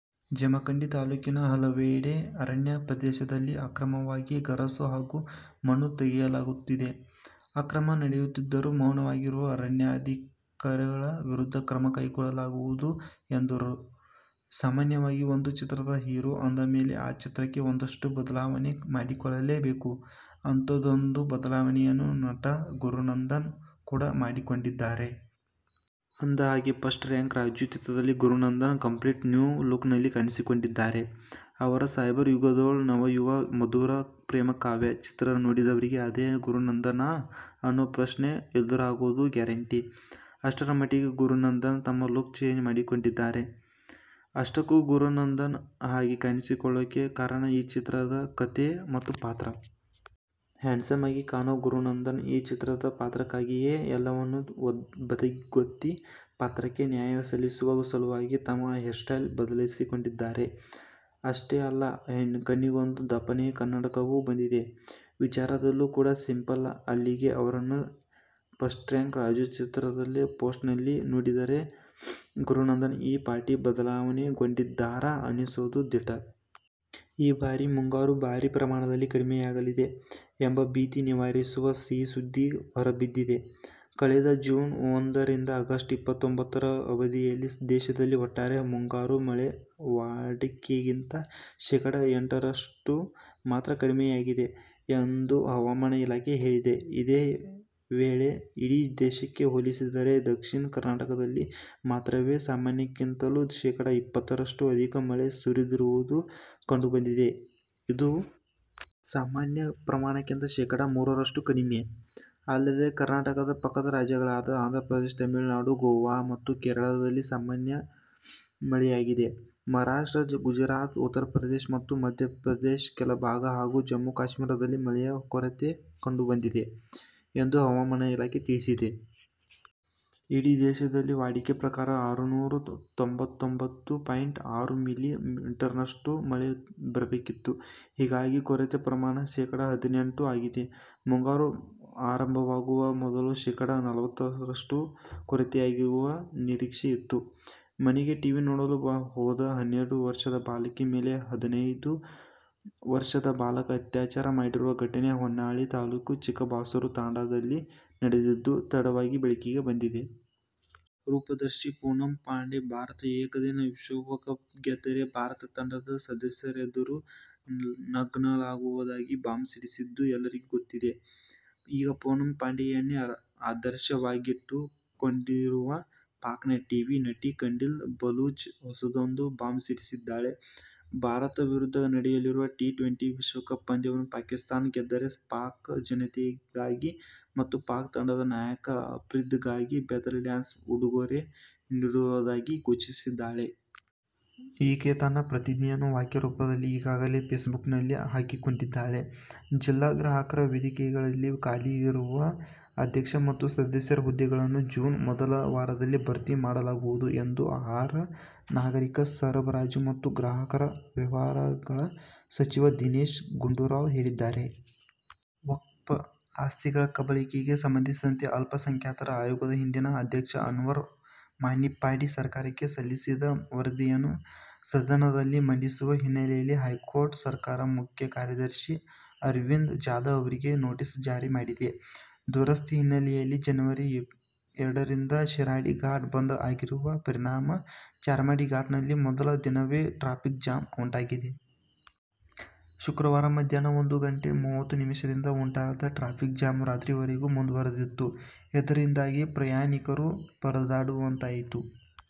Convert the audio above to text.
ಜಮಖಂಡಿ ತಾಲೂಕಿನ ಹಲವೆಡೆ ಅರಣ್ಯ ಪ್ರದೇಶದಲ್ಲಿ ಅಕ್ರಮವಾಗಿ ಗರಸು ಹಾಗೂ ಮಣ್ಣು ತೆಗೆಯಲಾಗುತ್ತಿದೆ. ಅಕ್ರಮ ನಡೆಯುತ್ತಿದ್ದರೂ ಮೌನವಾಗಿರುವ ಅರಣ್ಯಾಧಿಕಾರಿಗಳ ವಿರುದ್ಧ ಕ್ರಮ ಕೈಗೊಳ್ಳಲಾಗುವುದು ಎಂದರು. ಸಾಮಾನ್ಯವಾಗಿ ಒಂದು ಚಿತ್ರದ ಹೀರೋ ಅಂದಮೇಲೆ ಆ ಚಿತ್ರಕ್ಕೆ ಒಂದಷ್ಟು ಬದಲಾವಣೆ ಮಾಡಿಕೊಳ್ಳಲೇಬೇಕು. ಅಂಥದ್ದೊಂದು ಬದಲಾವಣೆಯನ್ನು ನಟ ಗುರುನಂದನ್ ಕೂಡ ಮಾಡಿಕೊಂಡಿದ್ದಾರೆ. ಅಂದಹಾಗೆ, "ಫಸ್ಟ್ ರ್ಯಾಂಕ್ ರಾಜು' ಚಿತ್ರದಲ್ಲಿ ಗುರುನಂದನ್ ಕಂಪ್ಲೀಟ್ ನ್ಯೂ ಲುಕ್ನಲ್ಲಿ ಕಾಣಿಸಿಕೊಂಡಿದ್ದಾರೆ. ಅವರ "ಸೈಬರ್ ಯುಗದೊಳ್ ನವಯುವ ಮಧುರ ಪ್ರೇಮ ಕಾವ್ಯ' ಚಿತ್ರ ನೋಡಿದವರಿಗೆ ಅದೇ ಗುರುನಂದನಾ ಅನ್ನೋ ಪ್ರಶ್ನೆ ಎದುರಾಗೋದು ಗ್ಯಾರಂಟಿ. ಅಷ್ಟರಮಟ್ಟಿಗೆ ಗುರುನಂದನ್ ತಮ್ಮ ಲುಕ್ ಚೇಂಜ್ ಮಾಡಿಕೊಂಡಿದ್ದಾರೆ. ಅಷ್ಟಕ್ಕೂ ಗುರುನಂದನ್ ಹಾಗೆ ಕಾಣಿಸಿಕೊಳ್ಳೋಕೆ ಕಾರಣ, ಆ ಚಿತ್ರದ ಕಥೆ ಮತ್ತು ಪಾತ್ರ. ಹ್ಯಾಂಡ್ಸಮ್ ಆಗಿ ಕಾಣೋ ಗುರುನಂದನ್, ಈ ಚಿತ್ರದ ಪಾತ್ರಕ್ಕಾಗಿಯೇ ಎಲ್ಲವನ್ನೂ ಬದಿಗೊತ್ತಿ, ಪಾತ್ರಕ್ಕೆ ನ್ಯಾಯ ಸಲ್ಲಿಸುವ ಸಲುವಾಗಿ, ತಮ್ಮ ಹೇರ್ಸ್ಟೈಲ್ ಬದಲಿಸಿಕೊಂಡಿದ್ದಾರೆ. ಅಷ್ಟೇ ಅಲ್ಲ, ಕಣ್ಣಿಗೊಂದು ದಪ್ಪನೆಯ ಕನ್ನಡಕವೂ ಬಂದಿದೆ. ವಿಚಾರದಲ್ಲೂ ಕೂಡ ಸಿಂಪಲ್. ಅಲ್ಲಿಗೆ ಅವರನ್ನು "ಫಸ್ಟ್ರ್ಯಾಂಕ್ ರಾಜು' ಚಿತ್ರದ ಪೋಸ್ಟರ್ನಲ್ಲಿ ನೋಡಿದರೆ, ಗುರುನಂದನ್ ಈ ಪಾಟಿ ಬದಲಾವಣೆಗೊಂಡಿದ್ದಾರಾ ಅನ್ನಿಸೋದು ದಿಟ. ಈ ಬಾರಿ ಮುಂಗಾರು ಭಾರೀ ಪ್ರಮಾಣದಲ್ಲಿ ಕಡಿಮೆಯಾಗಲಿದೆ ಎಂಬ ಭೀತಿ ನಿವಾರಿಸುವ ಸಿಹಿ ಸುದ್ದಿ ಹೊರಬಿದ್ದಿದೆ. ಕಳೆದ ಜೂನ್ ಒಂದ ರಿಂದ ಆಗಸ್ಟ್ ಇಪ್ಪತ್ತೊಂಬತ್ತರ ಅವಧಿಯಲ್ಲಿ ದೇಶದಲ್ಲಿ ಒಟ್ಟಾರೆ ಮುಂಗಾರು ಮಳೆ ವಾಡಿಕೆಗಿಂತ ಶೇಖಡ ಎಂಟರಷ್ಟು ಮಾತ್ರ ಕಡಿಮೆಯಾಗಿದೆ ಎಂದು ಹವಾಮಾನ ಇಲಾಖೆ ಹೇಳಿದೆ. ಇದೇ ವೇಳೆ ಇಡೀ ದೇಶಕ್ಕೆ ಹೋಲಿಸಿದರೆ, ದಕ್ಷಿಣ ಕರ್ನಾಟಕದಲ್ಲಿ ಮಾತ್ರವೇ ಸಾಮಾನ್ಯಕ್ಕಿಂತಲೂ ಶೇಖಡ ಇಪ್ಪತ್ತರಷ್ಟು ಅಧಿಕ ಮಳೆ ಸುರಿದಿರುವುದು ಕಂಡುಬಂದಿದೆ. ಇದು ಸಾಮಾನ್ಯ ಪ್ರಮಾಣಕ್ಕಿಂತ ಶೇಖಡ ಮೂರರಷ್ಟು ಕಡಿಮೆ. ಅಲ್ಲದೆ, ಕರ್ನಾಟಕದ ಪಕ್ಕದ ರಾಜ್ಯಗಳಾದ ಆಂಧ್ರಪ್ರದೇಶ, ತಮಿಳುನಾಡು, ಗೋವಾ ಮತ್ತು ಕೇರಳದಲ್ಲಿ ಸಾಮಾನ್ಯ ಮಳೆಯಾಗಿದೆ. ಮಹಾ ರಾಷ್ಟ್ರ, ಗುಜರಾತ್, ಉತ್ತರ ಪ್ರದೇಶದ ಮತ್ತು ಮಧ್ಯ ಪ್ರದೇಶದ ಕೆಲ ಭಾಗ, ಹಾಗೂ ಜಮ್ಮು ಕಾಶ್ಮೀರದಲ್ಲಿ ಮಳೆಯ ಕೊರತೆ ಕಂಡು ಬಂದಿದೆ ಎಂದು ಹವಾಮಾನ ಇಲಾಖೆ ತಿಳಿಸಿದೆ. ಇಡೀ ದೇಶದಲ್ಲಿ ವಾಡಿಕೆ ಪ್ರಕಾರ ಆರುನೂರ ತೊಂಬತ್ತೊಂಬತ್ತು ಪಾಯಿಂಟ್ ಆರು ಮಿಲಿ ಮೀಟರ್ನಷ್ಟು ಮಳೆ ಬರಬೇಕಿತ್ತು. ಹೀಗಾಗಿ ಕೊರತೆ ಪ್ರಮಾಣ ಶೇಖಡ ಹದಿನೆಂಟು ಆಗಿದೆ. ಮುಂಗಾರು ಆರಂಭವಾಗುವ ಮೊದಲು ಶೇಖಡ ನಲವತ್ತರಷ್ಟು ಕೊರತೆಯಾಗುವ ನಿರೀಕ್ಷೆ ಇತ್ತು. ಮನೆಗೆ ಟೀವಿ ನೋಡಲು ಹೋದ ಹನ್ನೆರಡು ವರ್ಷದ ಬಾಲಕಿ ಮೇಲೆ ಹದಿನೈದು ವರ್ಷದ ಬಾಲಕ ಅತ್ಯಾಚಾರ ಮಾಡಿರುವ ಘಟನೆ ಹೊನ್ನಾಳಿ ತಾಲೂಕು ಚಿಕ್ಕಬಾಸೂರು ತಾಂಡಾದಲ್ಲಿ ನಡೆದಿದ್ದು, ತಡವಾಗಿ ಬೆಳಕಿಗೆ ಬಂದಿದೆ. ರೂಪದರ್ಶಿ ಪೂನಂ ಪಾಂಡೆ ಭಾರತ ಏಕದಿನ ವಿಶ್ವಕಪ್ ಗೆದ್ದರೆ ಭಾರತ ತಂಡದ ಸದಸ್ಯರೆದುರು ನಗ್ನಳಾಗುವುದಾಗಿ ಬಾಂಬ್ ಸಿಡಿಸಿದ್ದು ಎಲ್ಲರಿಗೂ ಗೊತ್ತಿದೆ. ಈಗ ಪೂನಂ ಪಾಂಡೆಯನ್ನೇ ಆದರ್ಶವಾಗಿಟ್ಟು ಕೊಂಡಂತಿರುವ ಪಾಕ್ನ ಟೀವಿ ನಟಿ ಖಂಡೀಲ್ ಬಲೂಚ್ ಹೊಸದೊಂದು ಬಾಂಬ್ ಸಿಡಿಸಿದ್ದಾಳೆ. ಭಾರತದ ವಿರುದ್ಧ ನಡೆಯಲಿರುವ ಟಿ-ಟ್ವೆಂಟಿ ವಿಶ್ವಕಪ್ ಪಂದ್ಯವನ್ನು ಪಾಕಿಸ್ತಾನ ಗೆದ್ದರೆ ಪಾಕ್ ಜನತೆಗಾಗಿ ಮತ್ತು ಪಾಕ್ ತಂಡದ ನಾಯಕ ಅಫ್ರಿದಿಗಾಗಿ ಬೆತ್ತಲೆ ಡ್ಯಾನ್ಸ್ನ ಉಡುಗೊರೆ ನೀಡುವುದಾಗಿ ಘೋಷಿಸಿದ್ದಾಳೆ. ಈಕೆ ತನ್ನ ಪ್ರತಿಜ್ಞೆಯನ್ನು ವಾಕ್ಯ ರೂಪದಲ್ಲಿ ಈಗಾಗಲೇ ಫೇಸ್ಬುಕ್ನಲ್ಲಿ ಹಾಕಿಕೊಂಡಿದ್ದಾಳೆ. ಜಿಲ್ಲಾ ಗ್ರಾಹಕರ ವೇದಿಕೆಗಳಲ್ಲಿ ಖಾಲಿ ಇರುವ ಅಧ್ಯಕ್ಷ ಮತ್ತು ಸದಸ್ಯರ ಹುದ್ದೆಗಳನ್ನು ಜೂನ್ ಮೊದಲ ವಾರದಲ್ಲಿ ಭರ್ತಿ ಮಾಡಲಾಗುವುದು ಎಂದು ಆಹಾರ, ನಾಗರೀಕ ಸರಬರಾಜು ಮತ್ತು ಗ್ರಾಹಕರ ವ್ಯವಹಾರಗಳ ಸಚಿವ ದಿನೇಶ್ ಗುಂಡೂರಾವ್ ಹೇಳಿದ್ದಾರೆ. ವಕ್ಫ್ ಆಸ್ತಿಗಳ ಕಬಳಿಕೆಗೆ ಸಂಬಂಧಿಸಿದಂತೆ ಅಲ್ಪಸಂಖ್ಯಾತರ ಆಯೋಗದ ಹಿಂದಿನ ಅಧ್ಯಕ್ಷ ಅನ್ವರ್ ಮಾಣಿಪ್ಪಾಡಿ ಸರ್ಕಾರಕ್ಕೆ ಸಲ್ಲಿಸಿದ್ದ ವರದಿಯನ್ನು ಸದನದಲ್ಲಿ ಮಂಡಿಸದ ಹಿನ್ನೆಲೆಯಲ್ಲಿ ಹೈಕೋರ್ಟ್ ಸರ್ಕಾರದ ಮುಖ್ಯ ಕಾರ್ಯದರ್ಶಿ ಅರವಿಂದ್ ಜಾಧವ್ ಅವರಿಗೆ ನೋಟಿಸ್ ಜಾರಿ ಮಾಡಿದೆ. ದುರಸ್ತಿ ಹಿನ್ನೆಲೆಯಲ್ಲಿ ಜನವರಿ ಎರಡರಿಂದ ಶಿರಾಡಿ ಘಾಟ್ ಬಂದ್ ಆಗಿರುವ ಪರಿಣಾಮ ಚಾರ್ಮಾಡಿ ಘಾಟ್ನಲ್ಲಿ ಮೊದಲ ದಿನವೇ ಟ್ರಾಫಿಕ್ ಜಾಮ್ ಉಂಟಾಗಿದೆ. ಶುಕ್ರವಾರ ಮಧ್ಯಾಹ್ನ ಒಂದು ಗಂಟೆ ಮೂವತ್ತು ನಿಮಿಷದಿಂದ ಉಂಟಾದ ಟ್ರಾಫಿಕ್ ಜಾಮ್, ರಾತ್ರಿವರೆಗೂ ಮುಂದುವರಿದಿತ್ತು. ಇದರಿಂದಾಗಿ ಪ್ರಯಾಣಿಕರು ಪರದಾಡುವಂತಾಯಿತು.